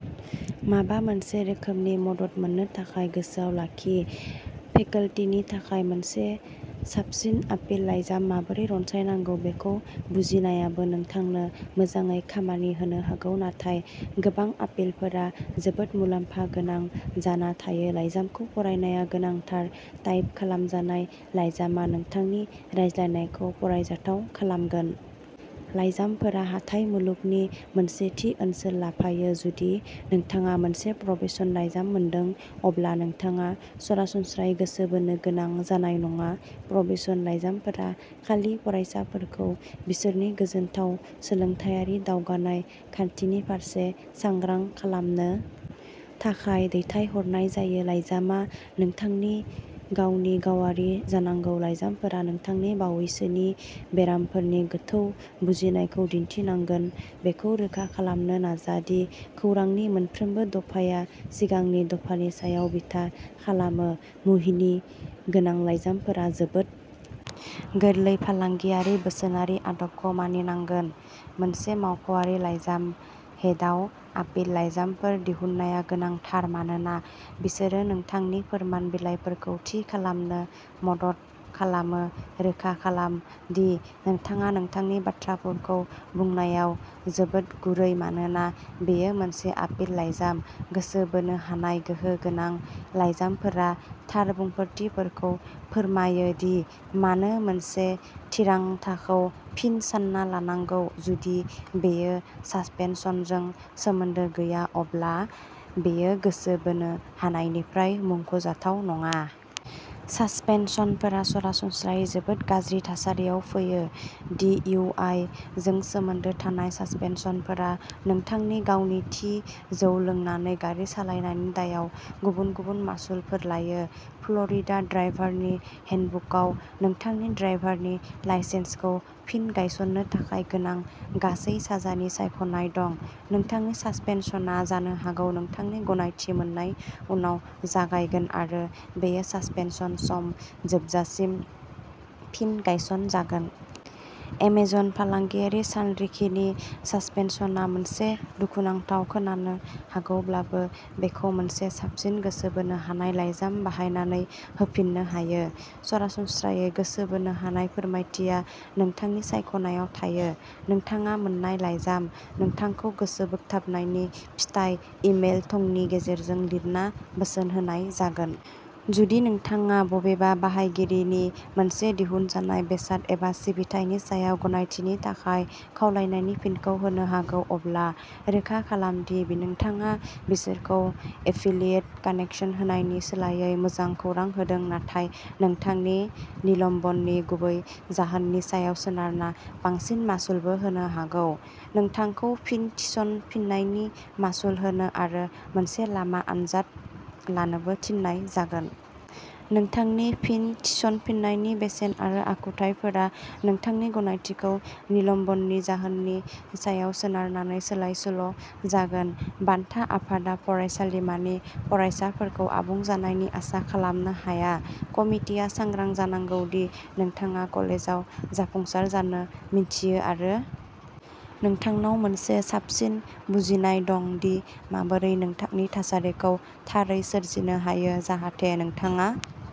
माबा मोनसे रोखोमनि मदद मोननो थाखाय गोसोआव लाखि फेकल्टीनि थाखाय मोनसे साबसिन आपिल लाइजाम माबोरै रनसायनांगौ बेखौ बुजिनायाबो नोंथांनो मोजाङै खामानि होनो हागौ नाथाय गोबां आपिलफोरा जोबोद मुलाम्फा गोनां जाना थायो लाइजामखौ फरायनाया गोनांथार टाइप खालामजानाय लाइजामआ नोंथांनि रायलायनायखौ फरायजाथाव खालामगोन। लाइजामफोरा हाथाइ मुलुगनि मोनसे थि ओनसोल लाफायो। जुदि नोंथाङा मोनसे प्रबेशन लाइजाम मोनदों अब्ला नोंथाङा सरासनस्रायै गोसो बोनो गोनां जानाय नङा प्रबेशन लाइजामफोरा खालि फरायसाफोरखौ बिसोरनि गोजोनथाव सोलोंथायारि दावगानाय खान्थिनि फारसे सांग्रां खालामनो थाखाय दैथाय हरनाय जायो लाइजामआ नोंथांनि गावनि गावारि जानांगौ लाइजामफोरा नोंथांनि बावैसोनि बेरामफोरनि गोथौ बुजिनायखौ दिन्थिनांगोन बेखौ रोखा खालामनो नाजा दि खौरांनि मोनफ्रोमबो दफाया सिगांनि दफानि सायाव बिथा खालामो मुहिनि गोनां लाइजामफोरा जोबोद गोरलै फालांगियारि बोसोनारि आदबखौ मानिनांगोन मोनसे मावख'आरि लाइजाम हेडआव आपिल लाइजामफोर दिहुननाया गोनांथार मानोना बिसोरो नोंथांनि फोरमान बिलाइफोरखौ थि खालामनो मदद खालामो रोखा खालाम दि नोंथाङा नोंथांनि बाथ्राफोरखौ बुंनायाव जोबोद गुरै मानोना बेयो मोनसे आपिल लाइजाम गोसो बोनो हानाय गोहो गोनां लाइजामफोरा थार बुंफोरथिफोरखौ फोरमायो दि मानो मोनसे थिरांथाखौ फिन सानना लानांगौ जुदि बेयो सासपेनसनजों सोमोन्दो गैया अब्ला बेयो गोसो बोनो हानायनिफ्राय मुंख'जाथाव नङा। सासपेनसनफोरा सरासनस्रायै जोबोद गाज्रि थासारियाव फैयो। दि इउ आइ जों सोमोन्दो थानाय सासपेनसनफोरा नोंथांनि गावनि थि जौ लोंनानै गारि सालायनायनि दायाव गुबुन गुबुन मासुलफोर लायो फ्ल'रिडा ड्राइभारनि हेन्डबुकआव नोंथांनि ड्राइभारनि लाइसेन्सखौ फिन गायसननो थाखाय गोनां गासै साजानि सायख'नाय दं नोंथांनि सासपेनसनआ जानो हागौ नोंथांनि गनायथि मोन्नाय उनाव जागायगोन आरो बेयो सासपेनसन सम जोबजासिम फिन गायसनजागोन। एमेजन फालांगियारि सानरिखिनि सासपेनसनआ मोनसे दुखुनांथाव खोनानो हागौब्लाबो बेखौ मोनसे साबसिन गोसो बोनो हानाय लाइजाम बाहायनानै होफिननो हायो। सरासनस्रायै, गोसो बोनो हानाय फोरमायथिया नोंथांनि सायख'नायाव थायो। नोंथाङा मोन्नाय लाइजाम। नोंथांखौ गोसो बोगथाबनायनि फिथाइनि इमेल थंनि गेजेरजों लिरना बोसोन होनाय जागोन। जुदि नोंथाङा बबेबा बाहायगिरिनि मोनसे दिहुनजानाय बेसाद एबा सिबिथायनि सायाव गनायथिनि थाखाय खावलायनायनि फिनखौ होनो हागौ अब्ला रोखा खालाम दि नोंथाङा बिसोरखौ एफिलियेट कानेकसन होनायनि सोलायै मोजां खौरां होदों नोंथाङा नोंथांनि निलम्बननि गुबै जाहोननि सायाव सोनारना बांसिन मासुलबो होनो हागौ नोंथांखौ फिन थिसनफिन्नायनि मासुल होनो आरो मोनसे लामा आनजाद लानोबो थिननाय जागोन। नोंथांनि फिन थिसनफिन्नायनि बेसेन आरो आखुथायफोरा नोंथांनि गनायथिखौ निलम्बननि जाहोननि सायाव सोनारनानै सोलाय सोल'जागोन बान्था आफादा फरायसालिमानि फरायसाफोरखौ आबुं जानायनि आसा खालामनो हाया कमितिआ सांग्रां जानांगौ दि नोंथाङा कलेजाव जाफुंसार जानो मिन्थियो आरो नोंथांनाव मोनसे साबसिन बुजिनाय दं दि माबोरै नोंथांनि थासारिखौ थारै सोरजिनो हायो जाहाथे नोंथाङा